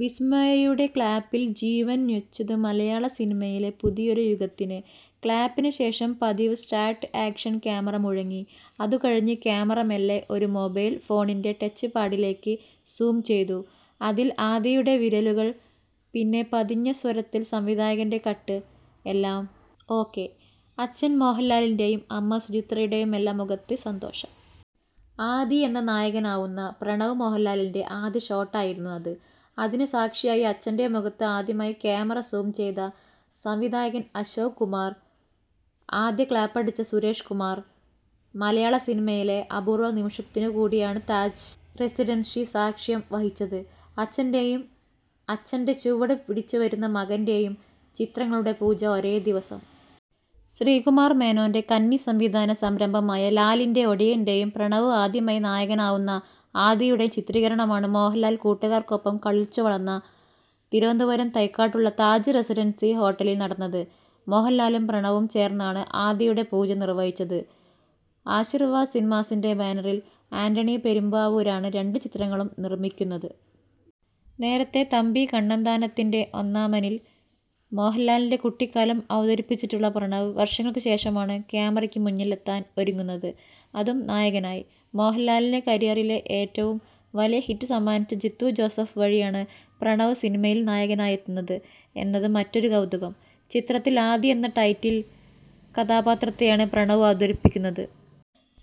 വിസ്മയയുടെ ക്ലാപ്പില് ജീവന്വച്ചത് മലയാള സിനിമയിലെ പുതിയൊരു യുഗത്തിന്. ക്ലാപ്പിനുശേഷം പതിവ് സ്റ്റാര്ട്ട് ആക്ഷന് ക്യാമറ മുഴങ്ങി. അതുകഴിഞ്ഞ് ക്യാമറ മെല്ലെ ഒരു മൊബൈല് ഫോണിന്റെ ടച്ച്പാഡിലേയ്ക്ക് സൂം ചെയ്തു. അതില് ആദിയുടെ വിരലുകള്. പിന്നെ പതിഞ്ഞ സ്വരത്തില് സംവിധായകന്റെ കട്ട്. എല്ലാം ഓക്കെ. അച്ഛന് മോഹന്ലാലിന്റെയും അമ്മ സുചിത്രയുടെയുമെല്ലാം മുഖത്ത് സന്തോഷം. ആദി എന്ന നായകനാവുന്ന പ്രണവ് മോഹന്ലാലിന്റെ ആദ്യ ഷോട്ടായിരുന്നു അത്. അതിന് സാക്ഷിയായി അച്ഛന്റെ മുഖത്ത് ആദ്യമായി ക്യാമറ സൂം ചെയ്ത സംവിധായകന് അശോക് കുമാര്, ആദ്യ ക്ലാപ്പടിച്ച സുരേഷ്കുമാര്. മലയാള സിനിമയിലെ അപൂര്വ നിമിഷത്തിനുകൂടിയാണ് താജ് റെസിഡന്സി സാക്ഷ്യം വഹിച്ചത്. അച്ഛന്റെയും അച്ഛന്റെ ചുവടുപിടിച്ചുവരുന്ന മകന്റെയും ചിത്രങ്ങളുടെ പൂജ ഒരേദിവസം. ശ്രീകുമാര് മേനോന്റെ കന്നി സംവിധാന സംരംഭമായ ലാലിന്റെ ഒടിയന്റെയും പ്രണവ് ആദ്യമായി നായകനാവുന്ന ആദിയുടെയും ചിത്രീകരണമാണ് മോഹന്ലാല് കൂട്ടുകാര്ക്കൊപ്പം കളിച്ചുവളര്ന്ന തിരുവനന്തപുരം തൈക്കാട്ടുള്ള താജ് റെസിഡന്സി ഹോട്ടലില് നടന്നത്. മോഹന്ലാലും പ്രണവും ചേര്ന്നാണ് ആദിയുടെ പൂജ നിര്വഹിച്ചത്. ആശിര്വാദ് സിനിമാസിന്റെ ബാനറില് ആന്റണി പെരുമ്പാവൂരാണ് രണ്ട് ചിത്രങ്ങളും നിര്മിക്കുന്നത്. നേരത്തെ തമ്പി കണ്ണന്താനത്തിന്റെ ഒന്നാമനില് മോഹന്ലാലിന്റെ കുട്ടിക്കാലം അവതരിപ്പിച്ചിട്ടുള്ള പ്രണവ് വര്ഷങ്ങള്ക്കുശേഷമാണ് ക്യാമറയ്ക്ക് മുന്നിലെത്താന് ഒരുങ്ങുന്നത്. അതും നായകനായി. മോഹന്ലാലിന് കരിയറിലെ ഏറ്റവും വലിയ ഹിറ്റ് സമ്മാനിച്ച ജീത്തു ജോസഫ് വഴിയാണ് പ്രണവ് സിനിമയില് നായകനായെത്തുന്നത് എന്നത് മറ്റൊരു കൗതുകം. ചിത്രത്തില് ആദി എന്ന ടൈറ്റില് കഥാപാത്രത്തെയാണ് പ്രണവ് അവതരിപ്പിക്കുന്നത്.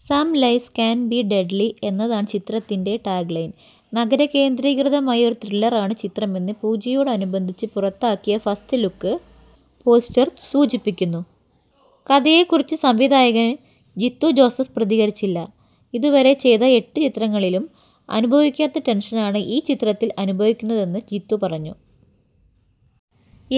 Some lies can be deadly എന്നതാണ് ചിത്രത്തിന്റെ ടാഗ്ലൈൻ. നഗരകേന്ദ്രീകൃതമായ ഒരു ത്രില്ലറാണ് ചിത്രമെന്ന് പൂജയോടനുബന്ധിച്ച് പുറത്തിറക്കിയ ഫസ്റ്റ്ലുക്ക് പോസ്റ്റര് സൂചിപ്പിക്കുന്നു. കഥയെക്കുറിച്ച് സംവിധായകന് ജീത്തു ജോസഫ് പ്രതികരിച്ചില്ല. ഇതുവരെ ചെയ്ത എട്ട് ചിത്രങ്ങളിലും അനുഭവിക്കാത്ത ടെന്ഷനാണ് ഈ ചിത്രത്തില് അനുഭവിക്കുന്നതെന്ന് ജീത്തു പറഞ്ഞു.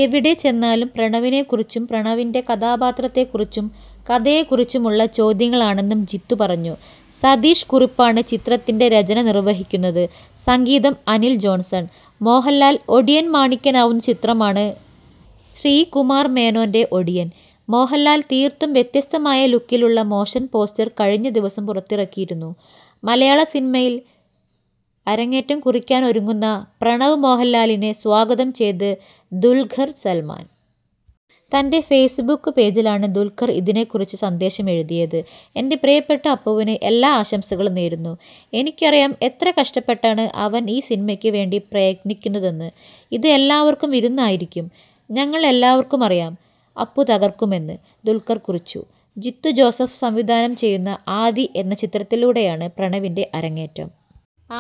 എവിടെ ചെന്നാലും പ്രണവിനെക്കുറിച്ചും പ്രണവിന്റെ കഥാപാത്രത്തെക്കുറിച്ചും കഥയെക്കുറിച്ചുമുള്ള ചോദ്യങ്ങളാണെന്നും ജീത്തു പറഞ്ഞു. സതീഷ് കുറുപ്പാണ് ചിത്രത്തിന്റെ രചന നിര്വഹിക്കുന്നത്. സംഗീതം:അനില് ജോണ്സണ്. മോഹന്ലാല് ഒടിയന് മാണിക്കനാവുന്ന ചിത്രമാണ് ശ്രീകുമാര് മേനോന്റെ ഒടിയന്. മോഹന്ലാല് തീര്ത്തും വ്യത്യസ്തമായ ലുക്കിലുള്ള മോഷന് പോസ്റ്റര് കഴിഞ്ഞ ദിവസം പുറത്തിറക്കിയിരുന്നു. മലയാള സിനിമയില് അരങ്ങേറ്റം കുറിക്കാനൊരുങ്ങുന്ന പ്രണവ് മോഹന്ലാലിനെ സ്വാഗതം ചെയ്ത് ദുല്ഖര് സല്മാന്. തന്റെ ഫെയ്സ്ബുക്ക് പേജിലാണ് ദുല്ഖര് ഇതെക്കുറിച്ച് സന്ദേശമെഴുതിയത്. 'എന്റെ പ്രിയപ്പെട്ട അപ്പുവിന് എല്ലാ ആശംസകളും നേരുന്നു. എനിക്കറിയാം എത്ര കഷ്ടപ്പെട്ടാണ് അവന് ഈ സിനിമയ്ക്ക് വേണ്ടി പ്രയത്നിക്കുന്നതെന്ന്. ഇത് എല്ലാവര്ക്കും വിരുന്നായിരിക്കും. ഞങ്ങള് എല്ലാവര്ക്കും അറിയാം, അപ്പു തകര്ക്കുമെന്ന്' ദുല്ഖര് കുറിച്ചു. ജീത്തു ജോസഫ് സംവിധാനം ചെയ്യുന്ന ആദി എന്ന ചിത്രത്തിലൂടെയാണ് പ്രണവിന്റെ അരങ്ങേറ്റം.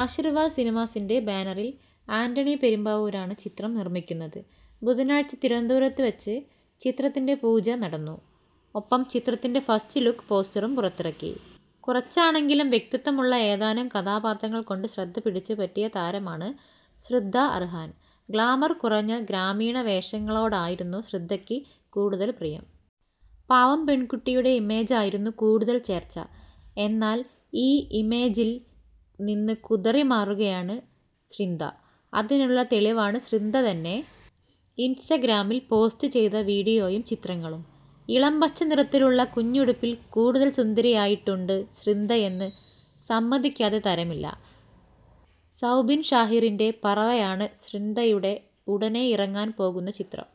ആശിര്വാദ് സിനിമാസിന്റെ ബാനറില് ആന്റണി പെരുമ്പാവൂരാണ് ചിത്രം നിര്മിക്കുന്നത്. ബുധനാഴ്ച തിരുവനന്തപുരത്ത് വച്ച് ചിത്രത്തിന്റെ പൂജ നടന്നു. ഒപ്പം ചിത്രത്തിന്റെ ഫസ്റ്റ്ലുക്ക് പോസ്റ്ററും പുറത്തിറക്കി. കുറച്ചാണെങ്കിലും വ്യക്തിത്വമുള്ള ഏതാനും കഥാപാത്രങ്ങള് കൊണ്ട് ശ്രദ്ധ പിടിച്ചുപറ്റിയ താരമാണ് സ്രിന്ധ അര്ഹാന്. ഗ്ലാമര് കുറഞ്ഞ ഗ്രാമീണ വേഷങ്ങളോടായിരുന്നു സ്രിന്ധയ്ക്ക് കൂടുതല് പ്രിയം. പാവം പെണ്കുട്ടിയുടെ ഇമേജായിരുന്നു കൂടുതല് ചേര്ച്ച. എന്നാല്, ഈ ഇമേജില് നിന്ന് കുതറിമാറുകയാണ് സ്രിന്ധ. അതിനുള്ള തെളിവാണ് സ്രിന്ധ തന്നെ ഇന്സ്റ്റഗ്രാമില് പോസ്റ്റ് ചെയ്ത വീഡിയോയും ചിത്രങ്ങളും. ഇളംപച്ച നിറത്തിലുള്ള കുഞ്ഞുടുപ്പില് കൂടുതല് സുന്ദരിയായിട്ടുണ്ട് സ്രിന്ധയെന്ന് സമ്മതിക്കാതെ തരമില്ല. സൗബിന് ഷാഹിറിന്റെ പറവയാണ് സ്രിന്ധയുടെ ഉടനെ ഇറങ്ങാന് പോകുന്ന ചിത്രം.